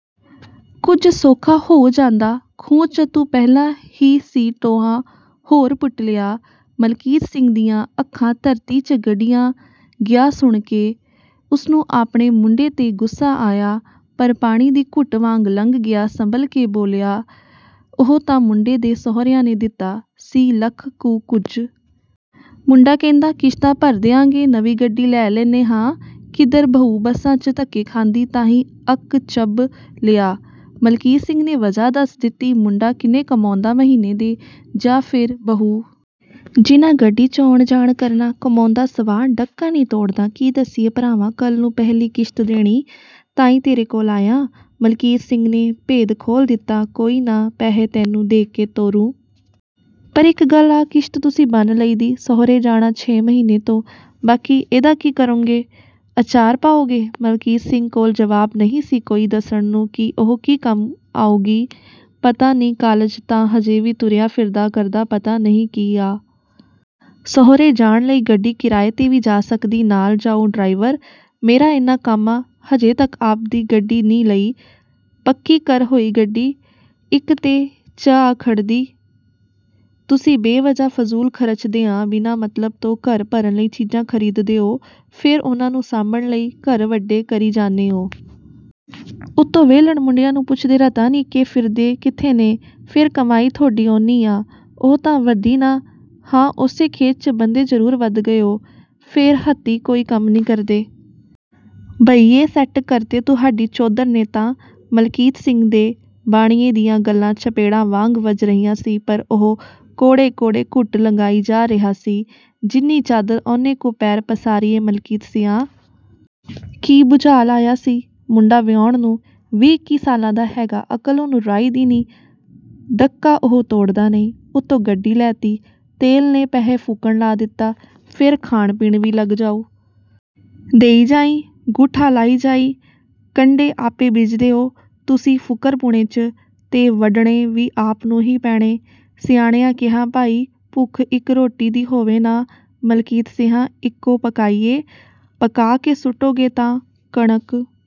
ਕੁਜ ਸੌਖਾ ਹੋ ਜਾਂਦਾ। ਖੂਹ 'ਚ ਤੂੰ ਪਹਿਲਾਂ ਹੀ ਸੀ ਟੋਆ ਹੋਰ ਪੁੱਟ ਲਿਆ।" ਮਲਕੀਤ ਸਿੰਘ ਦੀਆਂ ਅੱਖਾਂ ਧਰਤੀ 'ਚ ਗੱਡੀਆਂ ਗਿਆਂ ਸੁਣ ਕੇ। ਉਸਨੂੰ ਆਪਣੇ ਮੁੰਡੇ ਤੇ ਗੁੱਸਾ ਆਇਆ, ਪਰ ਪਾਣੀ ਦੀ ਘੁੱਟ ਵਾਂਗ ਲੰਗ ਗਿਆ ਸੰਭਲ ਕੇ ਬੋਲਿਆ, "ਉਹ ਤਾਂ ਮੁੰਡੇ ਦੇ ਸੌਹਰਿਆ ਨੇ ਦਿੱਤਾ ਸੀ ਲੱਖ ਕੁ ਕੁਜ। ਮੁੰਡਾ ਕਹਿੰਦਾ ਕਿਸ਼ਤਾਂ ਭਰ ਦਿਆਂਗੇ ਨਵੀਂ ਗੱਡੀ ਲੈ ਲੈਨੇ ਹਾਂ। ਕਿੱਧਰ ਬਹੂ ਬੱਸਾਂ ਚ ਧੱਕੇ ਖਾਂਦੀ, ਤਾਹੀਂ ਅੱਕ ਚੱਬ ਲਿਆ। " ਮਲਕੀਤ ਸਿੰਘ ਨੇ ਵਜ੍ਹਾ ਦੱਸ ਦਿੱਤੀ। "ਮੁੰਡਾ ਕਿੰਨੇ ਕਮਾਉਂਦਾ ਮਹੀਨੇ ਦੇ, ਜਾ ਫੇਰ ਬਹੂ? ਜਿਹਨਾਂ ਗੱਡੀ 'ਚ ਆਉਣ ਜਾਣ ਕਰਨਾ।" ਕਮਾਉਂਦਾ ਸਵਾਹ ਡੱਕਾ ਨੀ ਤੋੜਦਾ। ਕੀ ਦੱਸੀਏ ਭਰਾਵਾਂ ਕੱਲ ਨੂੰ ਪਹਿਲੀ ਕਿਸ਼ਤ ਦੇਣੀ, ਤਾਹੀ ਤੇਰੇ ਕੋਲ ਆਇਆ। ਮਲਕੀਤ ਸਿੰਘ ਨੇ ਭੇਦ ਖੋਲ ਦਿੱਤਾ। ਕੋਈ ਨਾ ਪੈਹੇ ਤੇਨੂੰ ਦੇ ਕੇ ਤੋਰੁ। ਪਰ ਇੱਕ ਗੱਲ ਆ ਕਿਸ਼ਤ ਤੁਸੀਂ ਬੰਨ ਲਈ ਦੀ, ਸੌਹਰੇ ਜਾਣਾ ਛੇ ਮਹੀਨੇ ਤੋਂ। ਬਾਕੀ ਇਹਦਾ ਕਿ ਕਰੋਂਗੇ? ਅਚਾਰ ਪਾਓਗੇ। ਮਲਕੀਤ ਸਿੰਘ ਕੋਲ ਜਵਾਬ ਨਹੀ ਸੀ ਕੋਈ ਦੱਸਣ ਨੂੰ ਕਿ ਓਹ ਕਿ ਕੰਮ ਆਊਗੀ, ਪਤਾ ਨੀ ਕਾਲਜ ਤਾਂ ਹਜੇ ਵੀ ਤੁਰਿਆ ਫਿਰਦਾ ਕਰਦਾ ਪਤਾ ਨਈਂ ਕੀ ਆ? "ਸੌਹਰੇ ਜਾਣ ਲਈ ਗੱਡੀ ਕਿਰਾਏ ਤੇ ਵੀ ਜਾ ਸਕਦੀ ਨਾਲ ਜਾਉ ਡਰਾਈਵਰ।" ਮੇਰਾ ਏਨਾ ਕੰਮ ਆ, ਹਜੇ ਤੱਕ ਆਪਦੀ ਗੱਡੀ ਨੀ ਲਈ। ਪੱਕੀ ਕਰ ਹੋਈ ਗੱਡੀ, ਇੱਕ ਤੇ 'ਚ ਆ ਖੜ੍ਹਦੀ। ਤੁਸੀਂ ਬੇਵਜ੍ਹਾ ਫਜ਼ੂਲ ਖਰਚਦੇ ਆ ਬਿਨਾਂ ਮਤਲਬ ਤੋਂ ਘਰ ਭਰਨ ਲਈ ਚੀਜ਼ਾਂ ਖਰੀਦਦੇ ਓ, ਫੇਰ ਓਹਨਾ ਨੂ ਸਾਂਭਣ ਲਈ ਘਰ ਵੱਡੇ ਕਰੀ ਜਾਨੈ ਓ। ਉੱਤੋਂ ਵੇਹਲੜ ਮੁੰਡਿਆਂ ਨੂੰ ਪੁੱਛਦੇ ਰਤਾ ਨੀ ਕੇ ਫਿਰਦੇ ਕਿੱਥੇ ਨੇ? ਫੇਰ ਕਮਾਈ ਥੋਡੀ ਓਨੀ ਆ। ਉਹ ਤਾਂ ਵਧੀ ਨਾਂ, ਹਾਂ ਓਸੇ ਖੇਤ ਚ ਬੰਦੇ ਜਰੂਰ ਵੱਧ ਗਏ ਓ, ਫ਼ੇਰ ਹੱਥੀਂ ਕੋਈ ਕੱਮ ਨੀ ਕਰਦੇ। ਬਈ ਏ ਸੈੱਟ ਕਰਤੇ ਤੁਹਾਡੀ ਚੌਧਰ ਨੇਂ ਤਾਂ। " ਮਲਕੀਤ ਸਿੰਘ ਦੇ ਬਾਣੀਏ ਦੀਆਂ ਗੱਲਾਂ ਚਪੇੜਾਂ ਵਾਂਗ ਵੱਜ ਰਹੀਆਂ ਸੀ, ਪਰ ਓਹ ਕੌੜੇ-ਕੌੜੇ ਘੁੱਟ ਲੰਗਾਈ ਜਾ ਰਿਹਾ ਸੀ"। ਜਿੰਨੀ ਚਾਦਰ ਓਨੇ ਕੂ ਪੈਰ ਪਸਾਰੀਏ ਮਲਕੀਤ ਸੀਆਂ। ਕੀ ਭੁਚਾਲ ਆਇਆ ਸੀ? ਮੁੰਡਾ ਵਿਹਾਉਣ ਨੂੰ। ਵੀਹ-ਇੱਕੀ ਸਾਲਾਂ ਦਾ ਹੈਗਾ, ਅਕਲ਼ ਓਹਨੂੰ ਰਾਈ ਦੀ ਨੀ। ਡੱਕਾ ਉਹ ਤੋੜਦਾ ਨਹੀਂ, ਉੱਤੋਂ ਗੱਡੀ ਲੈ ਤੀ। ਤੇਲ ਨੇ ਪੈਹੇ ਫੂਕਣ ਲਾ ਦਿੱਤਾ, ਫੇਰ ਖਾਣ ਪੀਣ ਵੀ ਲੱਗ ਜਾਉ। ਦੇਈ ਜਾਈ, ਗੂਠਾ ਲਾਈ ਜਾਈ। ਕੰਡੇ ਆਪੇ ਬੀਜਦੇ ਓ ਤੁਸੀਂ ਫੁਕਰਪੁਣੇ 'ਚ, ਤੇ ਵੱਢਣੇ ਵੀ ਆਪ ਨੂੰ ਹੀ ਪੈਣੇ। ਸਿਆਣਿਆਂ ਕਿਹਾ ਭਾਈ ਭੁੱਖ ਇੱਕ ਰੋਟੀ ਦੀ ਹੋਵੇ ਨਾਂ ਮਲਕੀਤ ਸੀਆਂ, ਇੱਕੋ ਪਕਾਈਏ। ਪੱਕਾ ਕੇ ਸੁੱਟੋਗੇ ਤਾਂ ਕਣਕ